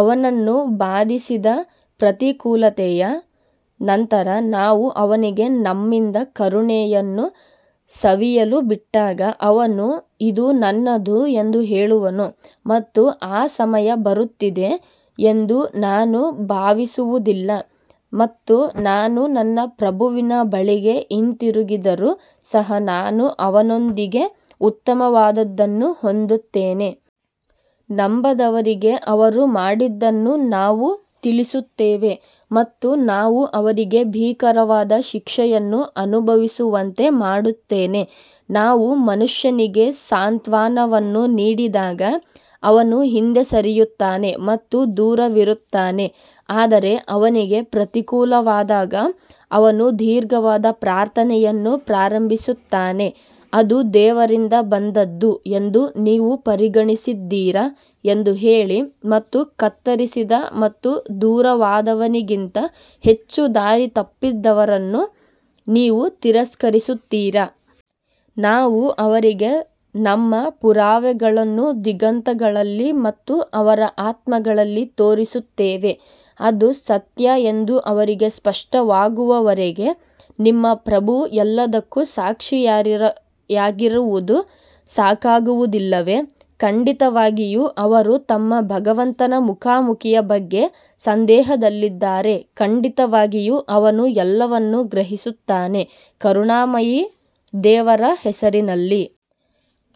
ಅವನನ್ನು ಬಾಧಿಸಿದ ಪ್ರತಿಕೂಲತೆಯ ನಂತರ ನಾವು ಅವನಿಗೆ ನಮ್ಮಿಂದ ಕರುಣೆಯನ್ನು ಸವಿಯಲು ಬಿಟ್ಟಾಗ ಅವನು ಇದು ನನ್ನದು ಎಂದು ಹೇಳುವನು ಮತ್ತು ಆ ಸಮಯ ಬರುತ್ತಿದೆ ಎಂದು ನಾನು ಭಾವಿಸುವುದಿಲ್ಲ ಮತ್ತು ನಾನು ನನ್ನ ಪ್ರಭುವಿನ ಬಳಿಗೆ ಹಿಂತಿರುಗಿದರೂ ಸಹ ನಾನು ಅವನೊಂದಿಗೆ ಉತ್ತಮವಾದದ್ದನ್ನು ಹೊಂದುತ್ತೇನೆ. ನಂಬದವರಿಗೆ ಅವರು ಮಾಡಿದ್ದನ್ನು ನಾವು ತಿಳಿಸುತ್ತೇವೆ ಮತ್ತು ನಾವು ಅವರಿಗೆ ಭೀಕರವಾದ ಶಿಕ್ಷೆಯನ್ನು ಅನುಭವಿಸುವಂತೆ ಮಾಡುತ್ತೇವೆ ನಾವು ಮನುಷ್ಯನಿಗೆ ಸಾಂತ್ವನವನ್ನು ನೀಡಿದಾಗ ಅವನು ಹಿಂದೆ ಸರಿಯುತ್ತಾನೆ ಮತ್ತು ದೂರವಿರುತ್ತಾನೆ ಆದರೆ ಅವನಿಗೆ ಪ್ರತಿಕೂಲವಾದಾಗ ಅವನು ದೀರ್ಘವಾದ ಪ್ರಾರ್ಥನೆಯನ್ನು ಪ್ರಾರಂಭಿಸುತ್ತಾನೆ. ಅದು ದೇವರಿಂದ ಬಂದದ್ದು ಎಂದು ನೀವು ಪರಿಗಣಿಸಿದ್ದೀರಾ ಎಂದು ಹೇಳಿ ಮತ್ತು ಕತ್ತರಿಸಿದ ಮತ್ತು ದೂರವಾದವನಿಗಿಂತ ಹೆಚ್ಚು ದಾರಿತಪ್ಪಿದವರನ್ನು ನೀವು ತಿರಸ್ಕರಿಸುತ್ತೀರಾ? ನಾವು ಅವರಿಗೆ ನಮ್ಮ ಪುರಾವೆಗಳನ್ನು ದಿಗಂತಗಳಲ್ಲಿ ಮತ್ತು ಅವರ ಆತ್ಮಗಳಲ್ಲಿ ತೋರಿಸುತ್ತೇವೆ ಅದು ಸತ್ಯ ಎಂದು ಅವರಿಗೆ ಸ್ಪಷ್ಟವಾಗುವವರೆಗೆ ನಿಮ್ಮ ಪ್ರಭು ಎಲ್ಲದಕ್ಕೂ ಸಾಕ್ಷಿಯಾಗಿರುವುದು ಸಾಕಾಗುವುದಿಲ್ಲವೇ? ಖಂಡಿತವಾಗಿಯೂ ಅವರು ತಮ್ಮ ಭಗವಂತನ ಮುಖಾಮುಖಿಯ ಬಗ್ಗೆ ಸಂದೇಹದಲ್ಲಿದ್ದಾರೆ, ಖಂಡಿತವಾಗಿಯೂ ಅವನು ಎಲ್ಲವನ್ನೂ ಗ್ರಹಿಸುತ್ತಾನೆ ಕರುಣಾಮಯಿ ದೇವರ ಹೆಸರಿನಲ್ಲಿ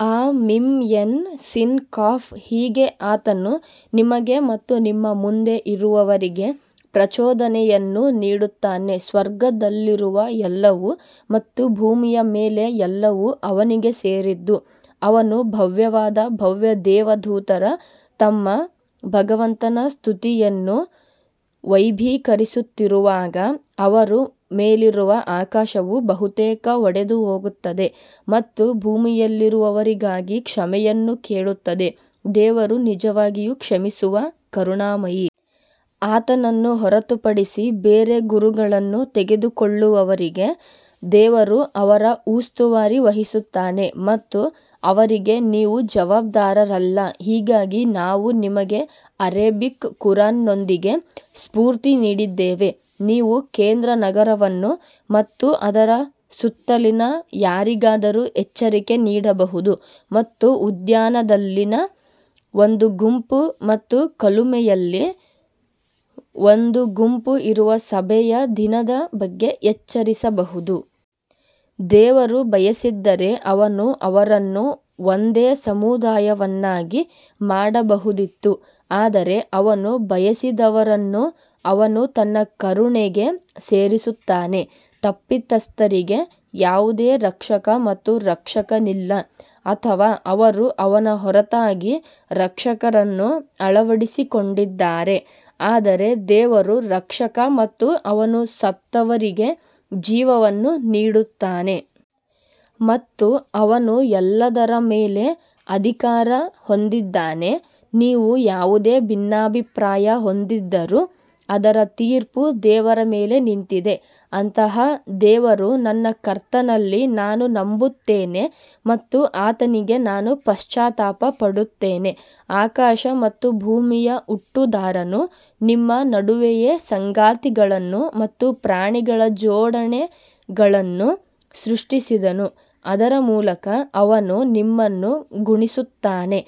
ಹಾ ಮೀಮ್ ಐನ್ ಸೀನ್ ಕಾಫ್ ಹೀಗೆ ಆತನು ನಿಮಗೆ ಮತ್ತು ನಿಮ್ಮ ಮುಂದೆ ಇರುವವರಿಗೆ ಪ್ರಚೋದನೆಯನ್ನು ನೀಡುತ್ತಾನೆ ಸ್ವರ್ಗದಲ್ಲಿರುವ ಎಲ್ಲವೂ ಮತ್ತು ಭೂಮಿಯ ಮೇಲಿನ ಎಲ್ಲವೂ ಅವನಿಗೆ ಸೇರಿದ್ದು, ಅವನು ಭವ್ಯವಾದ ಭವ್ಯ ದೇವದೂತರು ತಮ್ಮ ಭಗವಂತನ ಸ್ತುತಿಯನ್ನು ವೈಭವೀಕರಿಸುತ್ತಿರುವಾಗ ಅವರ ಮೇಲಿರುವ ಆಕಾಶವು ಬಹುತೇಕ ಒಡೆದುಹೋಗುತ್ತದೆ ಮತ್ತು ಭೂಮಿಯಲ್ಲಿರುವವರಿಗಾಗಿ ಕ್ಷಮೆಯನ್ನು ಕೇಳುತ್ತದೆ, ದೇವರು ನಿಜವಾಗಿಯೂ ಕ್ಷಮಿಸುವ ಕರುಣಾಮಯಿ. ಆತನನ್ನು ಹೊರತುಪಡಿಸಿ ಬೇರೆ ಗುರುಗಳನ್ನು ತೆಗೆದುಕೊಳ್ಳುವವರಿಗೆ ದೇವರು ಅವರ ಉಸ್ತುವಾರಿ ವಹಿಸುತ್ತಾನೆ ಮತ್ತು ಅವರಿಗೆ ನೀವು ಜವಾಬ್ದಾರರಲ್ಲ ಹೀಗಾಗಿ ನಾವು ನಿಮಗೆ ಅರೇಬಿಕ್ ಖುರಾನ್ನೊಂದಿಗೆ ಸ್ಫೂರ್ತಿ ನೀಡಿದ್ದೇವೆ, ನೀವು ಕೇಂದ್ರ ನಗರವನ್ನು ಮತ್ತು ಅದರ ಸುತ್ತಲಿನ ಯಾರಿಗಾದರೂ ಎಚ್ಚರಿಕೆ ನೀಡಬಹುದು ಮತ್ತು ಉದ್ಯಾನದಲ್ಲಿ ಒಂದು ಗುಂಪು ಮತ್ತು ಕುಲುಮೆಯಲ್ಲಿ ಒಂದು ಗುಂಪು ಇರುವ ಸಭೆಯ ದಿನದ ಬಗ್ಗೆ ಎಚ್ಚರಿಸಬಹುದು. ದೇವರು ಬಯಸಿದ್ದರೆ ಅವನು ಅವರನ್ನು ಒಂದೇ ಸಮುದಾಯವನ್ನಾಗಿ ಮಾಡಬಹುದಿತ್ತು ಆದರೆ ಅವನು ಬಯಸಿದವರನ್ನು ಅವನು ತನ್ನ ಕರುಣೆಗೆ ಸೇರಿಸುತ್ತಾನೆ, ತಪ್ಪಿತಸ್ಥರಿಗೆ ಯಾವುದೇ ರಕ್ಷಕ ಮತ್ತು ರಕ್ಷಕನಿಲ್ಲ ಅಥವಾ ಅವರು ಅವನ ಹೊರತಾಗಿ ರಕ್ಷಕರನ್ನು ಅಳವಡಿಸಿಕೊಂಡಿದ್ದಾರೆ ಆದರೆ ದೇವರು ರಕ್ಷಕ ಮತ್ತು ಅವನು ಸತ್ತವರಿಗೆ ಜೀವವನ್ನು ನೀಡುತ್ತಾನೆ ಮತ್ತು ಅವನು ಎಲ್ಲದರ ಮೇಲೆ ಅಧಿಕಾರ ಹೊಂದಿದ್ದಾನೆ ನೀವು ಯಾವುದೇ ಭಿನ್ನಾಭಿಪ್ರಾಯ ಹೊಂದಿದ್ದರೂ ಅದರ ತೀರ್ಪು ದೇವರ ಮೇಲೆ ನಿಂತಿದೆ ಅಂತಹ ದೇವರು ನನ್ನ ಕರ್ತನಲ್ಲಿ ನಾನು ನಂಬುತ್ತೇನೆ ಮತ್ತು ಆತನಿಗೆ ನಾನು ಪಶ್ಚಾತ್ತಾಪ ಪಡುತ್ತೇನೆ ಆಕಾಶ ಮತ್ತು ಭೂಮಿಯ ಹುಟ್ಟುದಾರನು ನಿಮ್ಮ ನಡುವೆಯೇ ಸಂಗಾತಿಗಳನ್ನು ಮತ್ತು ಪ್ರಾಣಿಗಳ ಜೋಡಿಗಳನ್ನು ಸೃಷ್ಟಿಸಿದನು, ಅದರ ಮೂಲಕ ಅವನು ನಿಮ್ಮನ್ನು ಗುಣಿಸುತ್ತಾನೆ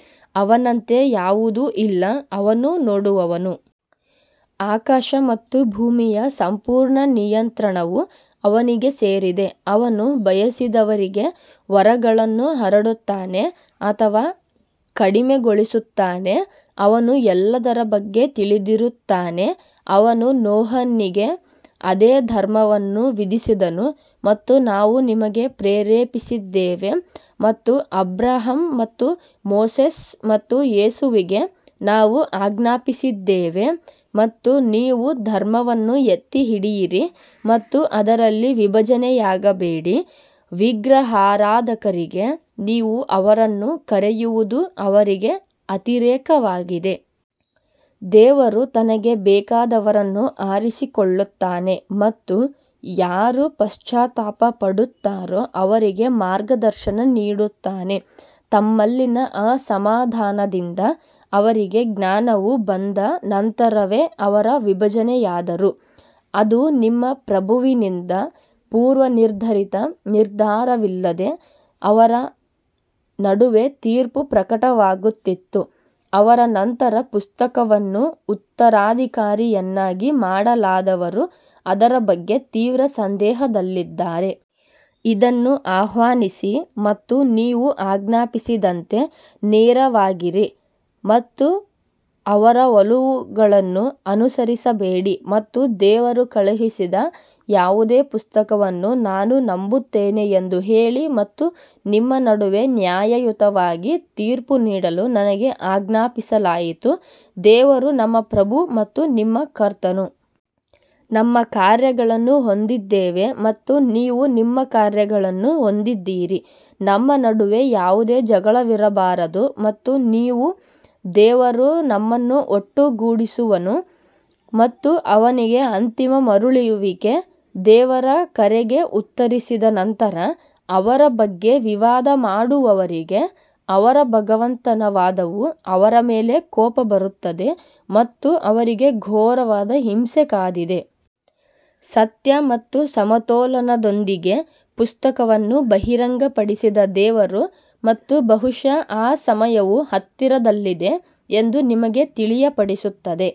ಅವನಂತೆ ಯಾವುದೂ ಇಲ್ಲ, ಅವನು ನೋಡುವವನು. ಆಕಾಶ ಮತ್ತು ಭೂಮಿಯ ಸಂಪೂರ್ಣ ನಿಯಂತ್ರಣವು ಅವನಿಗೆ ಸೇರಿದೆ, ಅವನು ಬಯಸಿದವರಿಗೆ ವರಗಳನ್ನು ಹರಡುತ್ತಾನೆ ಅಥವಾ ಕಡಿಮೆಗೊಳಿಸುತ್ತಾನೆ, ಅವನು ಎಲ್ಲದರ ಬಗ್ಗೆ ತಿಳಿದಿರುತ್ತಾನೆ. ಅವನು ನೋಹನಿಗೆ ಅದೇ ಧರ್ಮವನ್ನು ವಿಧಿಸಿದನು ಮತ್ತು ನಾವು ನಿಮಗೆ ಪ್ರೇರೇಪಿಸಿದ್ದೇವೆ ಮತ್ತು ಅಬ್ರಹಾಂ ಮತ್ತು ಮೋಸೆಸ್ ಮತ್ತು ಯೇಸುವಿಗೆ ನಾವು ಆಜ್ಞಾಪಿಸಿದ್ದೇವೆ ಮತ್ತು ನೀವು ಧರ್ಮವನ್ನು ಎತ್ತಿಹಿಡಿಯಿರಿ ಮತ್ತು ಅದರಲ್ಲಿ ವಿಭಜನೆಯಾಗಬೇಡಿ ವಿಗ್ರಹಾರಾಧಕರಿಗೆ ನೀವು ಅವರನ್ನು ಕರೆಯುವುದು ಅವರಿಗೆ ಅತಿರೇಕವಾಗಿದೆ. ದೇವರು ತನಗೆ ಬೇಕಾದವರನ್ನು ಆರಿಸಿಕೊಳ್ಳುತ್ತಾನೆ ಮತ್ತು ಯಾರು ಪಶ್ಚಾತ್ತಾಪ ಪಡುತ್ತಾರೋ ಅವರಿಗೆ ಮಾರ್ಗದರ್ಶನ ನೀಡುತ್ತಾನೆ ತಮ್ಮಲ್ಲಿನ ಅಸಮಾಧಾನದಿಂದ ಅವರಿಗೆ ಜ್ಞಾನವು ಬಂದ ನಂತರವೇ ಅವರು ವಿಭಜನೆಯಾದರು, ಅದು ನಿಮ್ಮ ಪ್ರಭುವಿನಿಂದ ಪೂರ್ವನಿರ್ಧರಿತ ನಿರ್ಧಾರವಿಲ್ಲದೆ ಅವರ ನಡುವೆ ತೀರ್ಪು ಪ್ರಕಟವಾಗುತ್ತಿತ್ತು, ಅವರ ನಂತರ ಪುಸ್ತಕವನ್ನು ಉತ್ತರಾಧಿಕಾರಿಯನ್ನಾಗಿ ಮಾಡಲಾದವರು ಅದರ ಬಗ್ಗೆ ತೀವ್ರ ಸಂದೇಹದಲ್ಲಿದ್ದಾರೆ. ಇದನ್ನು ಆಹ್ವಾನಿಸಿ ಮತ್ತು ನೀವು ಆಜ್ಞಾಪಿಸಿದಂತೆ ನೇರವಾಗಿರಿ ಮತ್ತು ಅವರ ಒಲವುಗಳನ್ನು ಅನುಸರಿಸಬೇಡಿ ಮತ್ತು ದೇವರು ಕಳುಹಿಸಿದ ಯಾವುದೇ ಪುಸ್ತಕವನ್ನು ನಾನು ನಂಬುತ್ತೇನೆ ಎಂದು ಹೇಳಿ ಮತ್ತು ನಿಮ್ಮ ನಡುವೆ ನ್ಯಾಯಯುತವಾಗಿ ತೀರ್ಪು ನೀಡಲು ನನಗೆ ಆಜ್ಞಾಪಿಸಲಾಯಿತು ದೇವರು ನಮ್ಮ ಪ್ರಭು ಮತ್ತು ನಿಮ್ಮ ಕರ್ತನು ನಮ್ಮ ಕಾರ್ಯಗಳನ್ನು ಹೊಂದಿದ್ದೇವೆ ಮತ್ತು ನೀವು ನಿಮ್ಮ ಕಾರ್ಯಗಳನ್ನು ಹೊಂದಿದ್ದೀರಿ ನಮ್ಮ ನಡುವೆ ಯಾವುದೇ ಜಗಳವಿರಬಾರದು ಮತ್ತು ನೀವು ದೇವರು ನಮ್ಮನ್ನು ಒಟ್ಟುಗೂಡಿಸುವನು ಮತ್ತು ಅವನಿಗೇ ಅಂತಿಮ ಮರಳುವಿಕೆ ದೇವರ ಕರೆಗೆ ಉತ್ತರಿಸಿದ ನಂತರ ಅವರ ಬಗ್ಗೆ ವಿವಾದ ಮಾಡುವವರಿಗೆ ಅವರ ಭಗವಂತನ ವಾದವು ಅವರ ಮೇಲೆ ಕೋಪ ಬರುತ್ತದೆ ಮತ್ತು ಅವರಿಗೆ ಘೋರವಾದ ಹಿಂಸೆ ಕಾದಿದೆ. ಸತ್ಯ ಮತ್ತು ಸಮತೋಲನದೊಂದಿಗೆ ಪುಸ್ತಕವನ್ನು ಬಹಿರಂಗಪಡಿಸಿದ ದೇವರು ಮತ್ತು ಬಹುಶಃ ಆ ಸಮಯವು ಹತ್ತಿರದಲ್ಲಿದೆ ಎಂದು ನಿಮಗೆ ತಿಳಿಯಪಡಿಸುತ್ತದೆ.